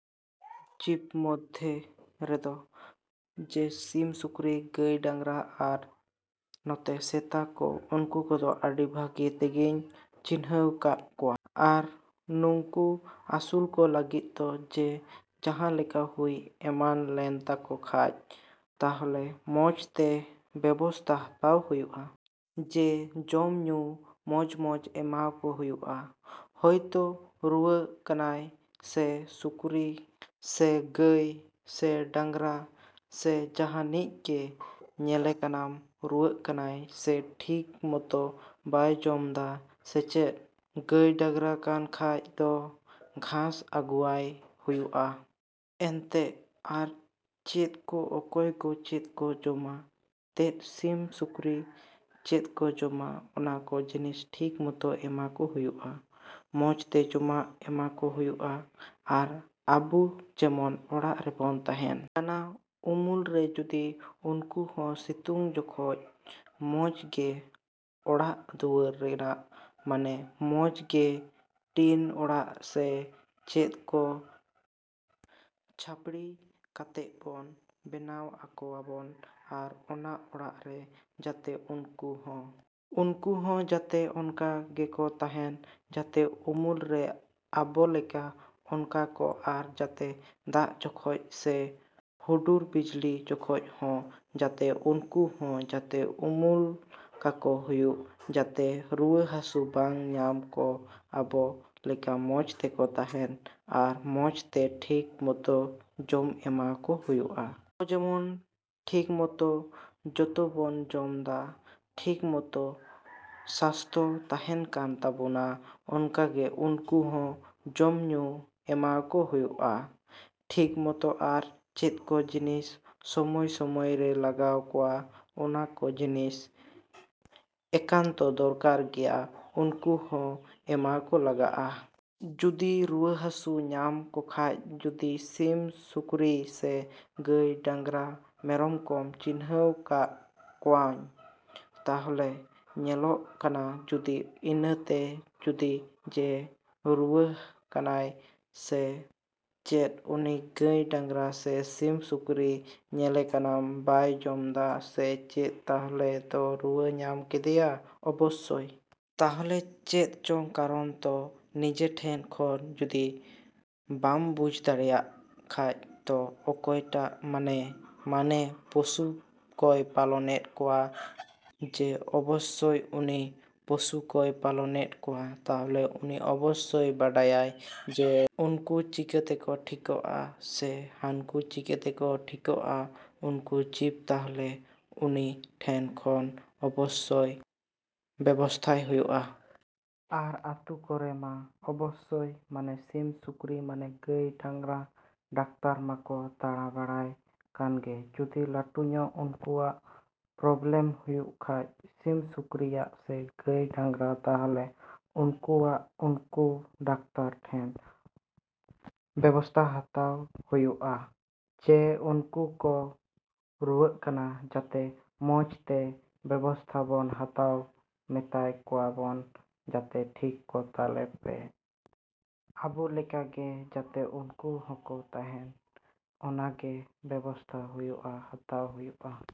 ᱡᱤᱵᱽ ᱢᱚᱫᱽᱫᱷᱮ ᱨᱮᱫᱚ ᱡᱮ ᱥᱤᱢ, ᱥᱩᱠᱨᱤ, ᱜᱟᱹᱭ, ᱰᱟᱝᱨᱟ ᱟᱨ ᱱᱚᱛᱮ ᱥᱮᱛᱟ ᱠᱚ ᱱᱩᱠᱩ ᱠᱚᱫᱚ ᱟᱹᱰᱤ ᱵᱷᱟᱜᱮ ᱛᱮᱜᱤᱧ ᱪᱤᱱᱦᱟᱹᱣ ᱠᱟᱜ ᱠᱚᱣᱟ᱾ ᱟᱨ ᱱᱩᱝᱠᱩ ᱟᱹᱥᱩᱞ ᱠᱚ ᱞᱟᱹᱜᱤᱫ ᱫᱚ ᱡᱮ ᱡᱟᱦᱟᱸ ᱞᱮᱠᱟ ᱦᱩᱭ ᱮᱢᱟᱱ ᱞᱮᱱ ᱛᱟᱠᱚ ᱠᱷᱟᱡ ᱛᱟᱦᱚᱞᱮ ᱢᱚᱡᱽ ᱛᱮ ᱵᱮᱵᱚᱥᱛᱷᱟ ᱦᱟᱛᱟᱣ ᱦᱩᱭᱩᱜ-ᱟ᱾ ᱡᱮ ᱡᱚᱢ ᱧᱩ ᱢᱚᱡᱽ ᱢᱚᱡᱽ ᱮᱢᱟᱣ ᱠᱚ ᱦᱩᱭᱩᱜ-ᱟ᱾ ᱦᱚᱭᱛᱳ ᱨᱩᱣᱟᱹᱜ ᱠᱟᱱᱟᱭ ᱥᱮ ᱥᱩᱠᱨᱤ, ᱥᱮ ᱜᱟᱹᱭ, ᱥᱮ ᱰᱟᱝᱨᱟ, ᱥᱮ ᱡᱟᱦᱟᱱᱤᱡ ᱜᱮ ᱧᱮᱞᱮ ᱠᱟᱱᱟᱢ ᱨᱩᱣᱟᱹᱜ ᱠᱟᱱᱟᱭ ᱥᱮ ᱴᱷᱤᱠ ᱢᱚᱛᱳ ᱵᱟᱭ ᱡᱚᱢᱫᱟ ᱥᱮ ᱪᱮᱫ? ᱜᱟᱹᱭ ᱰᱟᱝᱨᱟ ᱠᱟᱱ ᱠᱷᱟᱡ ᱫᱚ ᱜᱷᱟᱥ ᱟᱹᱜᱩᱣᱟᱭ ᱦᱩᱭᱩᱜ-ᱟ᱾ ᱮᱱᱛᱮᱜ ᱟᱨ ᱪᱮᱫᱠᱩ ᱚᱠᱚᱭ ᱠᱩ ᱪᱮᱫ ᱠᱚ ᱡᱚᱢᱟ ᱛᱮᱜ ᱥᱤᱢ ᱥᱩᱠᱨᱤ ᱪᱮᱫ ᱠᱚ ᱡᱚᱢᱟ ᱚᱱᱟ ᱠᱚ ᱡᱤᱱᱤᱥ ᱴᱷᱤᱠ ᱢᱚᱛᱳ ᱮᱢᱟ ᱠᱚ ᱦᱩᱭᱩᱜ-ᱟ᱾ ᱢᱚᱡᱽ ᱛᱮ ᱡᱚᱢᱟᱜ ᱮᱢᱟᱠᱚ ᱦᱩᱭᱩᱜ-ᱟ᱾ ᱟᱨ ᱟᱹᱵᱩ ᱡᱮᱢᱚᱱ ᱚᱲᱟᱜ ᱨᱮᱵᱚᱱ ᱛᱟᱦᱮᱱ ᱠᱟᱱᱟ ᱩᱢᱩᱞ ᱨᱮ ᱡᱩᱫᱤ ᱩᱱᱠᱩ ᱦᱚᱸ ᱥᱤᱛᱩᱝ ᱡᱚᱠᱷᱚᱡ ᱢᱚᱡᱽ ᱜᱮ ᱚᱲᱟᱜ ᱫᱩᱣᱟᱹᱨ ᱨᱮᱱᱟᱜ ᱢᱟᱱᱮ ᱢᱚᱡᱽ ᱜᱮ ᱴᱤᱱ ᱚᱲᱟᱜ ᱥᱮ ᱪᱮᱫ ᱠᱚ ᱪᱷᱟᱯᱲᱤ ᱠᱟᱛᱮᱜ ᱵᱚᱱ ᱵᱮᱱᱟᱣ ᱠᱚᱣᱟᱵᱚᱱ ᱟᱨ ᱚᱱᱟ ᱚᱲᱟᱜ ᱨᱮ ᱡᱟᱛᱮ ᱩᱱᱠᱩ ᱦᱚᱸ ᱩᱱᱠᱩ ᱦᱚᱸ ᱡᱟᱛᱮ ᱚᱱᱠᱟ ᱜᱮᱠᱚ ᱛᱟᱦᱮᱱ ᱡᱟᱛᱮ ᱩᱢᱩᱞ ᱨᱮ ᱟᱵᱚ ᱞᱮᱠᱟ ᱚᱱᱟᱠᱚ ᱟᱨ ᱡᱟᱛᱮ ᱫᱟᱜ ᱡᱚᱠᱷᱚᱡ ᱥᱮ ᱦᱩᱰᱩᱨ ᱵᱤᱡᱽᱞᱤ ᱡᱚᱠᱷᱚᱡ ᱦᱚᱸ ᱡᱟᱛᱮ ᱩᱱᱠᱩ ᱦᱚᱸ ᱡᱟᱛᱮ ᱩᱢᱩᱞ ᱠᱟᱠᱚ ᱦᱩᱭᱩᱜ ᱡᱟᱛᱮ ᱨᱩᱣᱟᱹ ᱦᱟᱹᱥᱩ ᱵᱟᱝ ᱧᱟᱢ ᱠᱚ ᱟᱵᱚ ᱞᱮᱠᱟ ᱢᱚᱡᱽ ᱛᱮᱠᱚ ᱛᱟᱦᱮᱱ ᱟᱨ ᱢᱚᱡᱽ ᱛᱮ ᱴᱷᱤᱠ ᱢᱚᱛᱳ ᱡᱚᱢ ᱮᱢᱟᱣ ᱠᱚ ᱦᱩᱭᱩᱜ-ᱟ᱾ ᱟᱵᱚ ᱡᱮᱢᱚᱱ ᱴᱷᱤᱠ ᱢᱚᱛᱳ ᱵᱚᱱ ᱡᱚᱢᱫᱟ ᱴᱷᱤᱠ ᱢᱚᱛᱳ ᱥᱟᱥᱛᱷᱚ ᱛᱟᱦᱮᱱ ᱠᱟᱱ ᱛᱟᱵᱳᱱᱟ ᱚᱱᱠᱟᱜᱮ ᱩᱱᱠᱩ ᱦᱚᱸ ᱡᱚᱢ ᱧᱩ ᱮᱢᱟᱣ ᱠᱚ ᱦᱩᱭᱩᱜ-ᱟ ᱴᱷᱤᱠ ᱢᱚᱛᱚ ᱟᱨ ᱪᱮᱫ ᱠᱚ ᱡᱤᱱᱤᱥ ᱥᱚᱢᱚᱭ ᱥᱚᱢᱚᱭ ᱨᱮ ᱞᱟᱜᱟᱣ ᱠᱚᱣᱟ ᱚᱱᱟ ᱠᱚ ᱡᱤᱱᱤᱥ ᱮᱠᱟᱱᱛᱚ ᱫᱚᱨᱠᱟᱨ ᱜᱮᱭᱟ ᱩᱱᱠᱩ ᱦᱚᱸ ᱮᱢᱟᱣ ᱠᱚ ᱞᱟᱜᱟᱜ-ᱟ᱾ ᱡᱩᱫᱤ ᱨᱩᱣᱟᱹ ᱦᱟᱹᱥᱩ ᱧᱟᱢ ᱠᱚᱠᱷᱟᱡ ᱡᱩᱫᱤ ᱥᱤᱢ, ᱥᱩᱠᱨᱤ ᱥᱮ ᱜᱟᱹᱭ, ᱰᱟᱝᱨᱟ ᱡᱮᱨᱚᱠᱚᱢ ᱪᱤᱱᱦᱟᱹᱣ ᱠᱟᱜ ᱠᱚᱣᱟᱧ ᱛᱟᱦᱞᱮ ᱧᱮᱞᱚᱜ ᱠᱟᱱᱟ ᱡᱩᱫᱤ ᱤᱱᱟᱹᱛᱮ ᱡᱩᱫᱤ ᱡᱮ ᱨᱩᱣᱟᱹᱜ ᱠᱟᱱᱟᱭ ᱥᱮ ᱪᱮᱫ ᱩᱱᱤ ᱜᱟᱹᱭ, ᱰᱟᱝᱨᱟ ᱥᱮ ᱥᱤᱢ, ᱥᱩᱠᱨᱤ ᱧᱮᱞᱮ ᱠᱟᱱᱟᱢ ᱵᱟᱭ ᱡᱚᱢᱫᱟ ᱥᱮ ᱪᱮᱫ ᱛᱟᱦᱞᱮ ᱫᱚ ᱨᱩᱣᱟᱹ ᱧᱟᱢ ᱠᱮᱫᱮᱭᱟ ᱚᱵᱚᱥᱥᱳᱭ᱾ ᱛᱟᱦᱞᱮ ᱪᱮᱫ ᱪᱚᱝ ᱠᱟᱨᱚᱱ ᱛᱚ ᱱᱤᱡᱮ ᱴᱷᱮᱡ ᱠᱷᱚᱡ ᱡᱩᱫᱤ ᱵᱟᱢ ᱵᱩᱡᱽ ᱫᱟᱲᱮᱭᱟᱜ ᱠᱷᱟᱡ ᱛᱚ ᱚᱠᱚᱭᱴᱟᱜ ᱢᱟᱱᱮ ᱢᱟᱱᱮ ᱯᱚᱥᱩ ᱠᱚᱭ ᱯᱟᱞᱚᱱᱮᱜ ᱠᱚᱣᱟᱭ ᱡᱮ ᱚᱵᱚᱥᱥᱚᱭ ᱩᱱᱤ ᱯᱚᱥᱩ ᱠᱚᱭ ᱯᱟᱞᱚᱱᱮᱜ ᱠᱚᱣᱟ ᱛᱟᱦᱞᱮ ᱩᱱᱤ ᱚᱵᱚᱥᱥᱚᱭ ᱵᱟᱰᱟᱭᱟ ᱡᱮ ᱱᱩᱠᱩ ᱪᱤᱠᱟ ᱛᱮᱠᱚ ᱴᱷᱤᱠᱚᱜ-ᱟ ᱥᱮ ᱦᱟᱹᱱᱠᱩ ᱪᱤᱠᱟ ᱛᱮᱠᱚ ᱴᱷᱤᱠᱚᱜ-ᱟ ᱩᱱᱠᱩ ᱡᱤᱵᱽ ᱛᱟᱦᱞᱮ ᱩᱱᱤ ᱴᱷᱮᱡ ᱠᱷᱚᱡ ᱚᱵᱚᱥᱥᱚᱭ ᱵᱮᱵᱚᱥᱛᱷᱟᱭ ᱦᱩᱭᱩᱜ-ᱟ᱾ ᱟᱨ ᱟᱹᱛᱩ ᱠᱚᱨᱮ ᱢᱟ ᱚᱵᱚᱥᱥᱚᱭ ᱢᱟᱱᱮ ᱥᱤᱢ, ᱥᱩᱠᱨᱤ, ᱢᱟᱱᱮ ᱜᱟᱹᱭ, ᱰᱟᱝᱨᱟ ᱰᱟᱠᱛᱟᱨ ᱢᱟᱠᱚ ᱫᱟᱬᱟ ᱵᱟᱲᱟᱭ ᱠᱟᱱᱜᱮ ᱡᱩᱫᱤ ᱞᱟᱹᱴᱩ ᱧᱚᱜ ᱩᱱᱠᱩᱣᱟᱜ ᱯᱨᱚᱵᱞᱮᱢ ᱦᱩᱭᱩᱜ ᱠᱷᱟᱡ ᱥᱤᱢ, ᱥᱩᱠᱨᱤᱭᱟᱜ ᱥᱮ ᱜᱟᱹᱭ, ᱰᱟᱝᱨᱟ ᱛᱟᱦᱞᱮ ᱩᱱᱠᱩᱣᱟᱜ ᱩᱱᱠᱩ ᱰᱟᱠᱛᱚᱨ ᱴᱷᱮᱱ ᱵᱮᱵᱚᱥᱛᱷᱟ ᱦᱟᱛᱟᱣ ᱦᱩᱭᱩᱜ-ᱟ ᱡᱮ ᱩᱱᱠᱩ ᱠᱚ ᱨᱩᱣᱟᱹᱜ ᱠᱟᱱᱟ ᱡᱟᱛᱮ ᱢᱚᱡᱽᱛᱮ ᱵᱮᱵᱚᱥᱛᱷᱟ ᱵᱚᱱ ᱦᱟᱛᱟᱣ ᱢᱮᱛᱟᱣ ᱠᱚᱣᱟᱵᱚᱱ ᱡᱟᱛᱮ ᱴᱷᱤᱠ ᱠᱚ ᱛᱟᱞᱮ ᱯᱮ᱾ ᱟᱹᱵᱩ ᱞᱮᱠᱟᱜᱮ ᱡᱟᱛᱮ ᱩᱱᱠᱩ ᱦᱚᱸᱠᱚ ᱛᱟᱦᱮᱱ ᱚᱱᱟᱜᱮ ᱵᱮᱵᱚᱥᱛᱷᱟ ᱦᱩᱭᱩᱜ-ᱟ ᱦᱟᱛᱟᱣ ᱦᱩᱭᱩᱜ-ᱟ᱾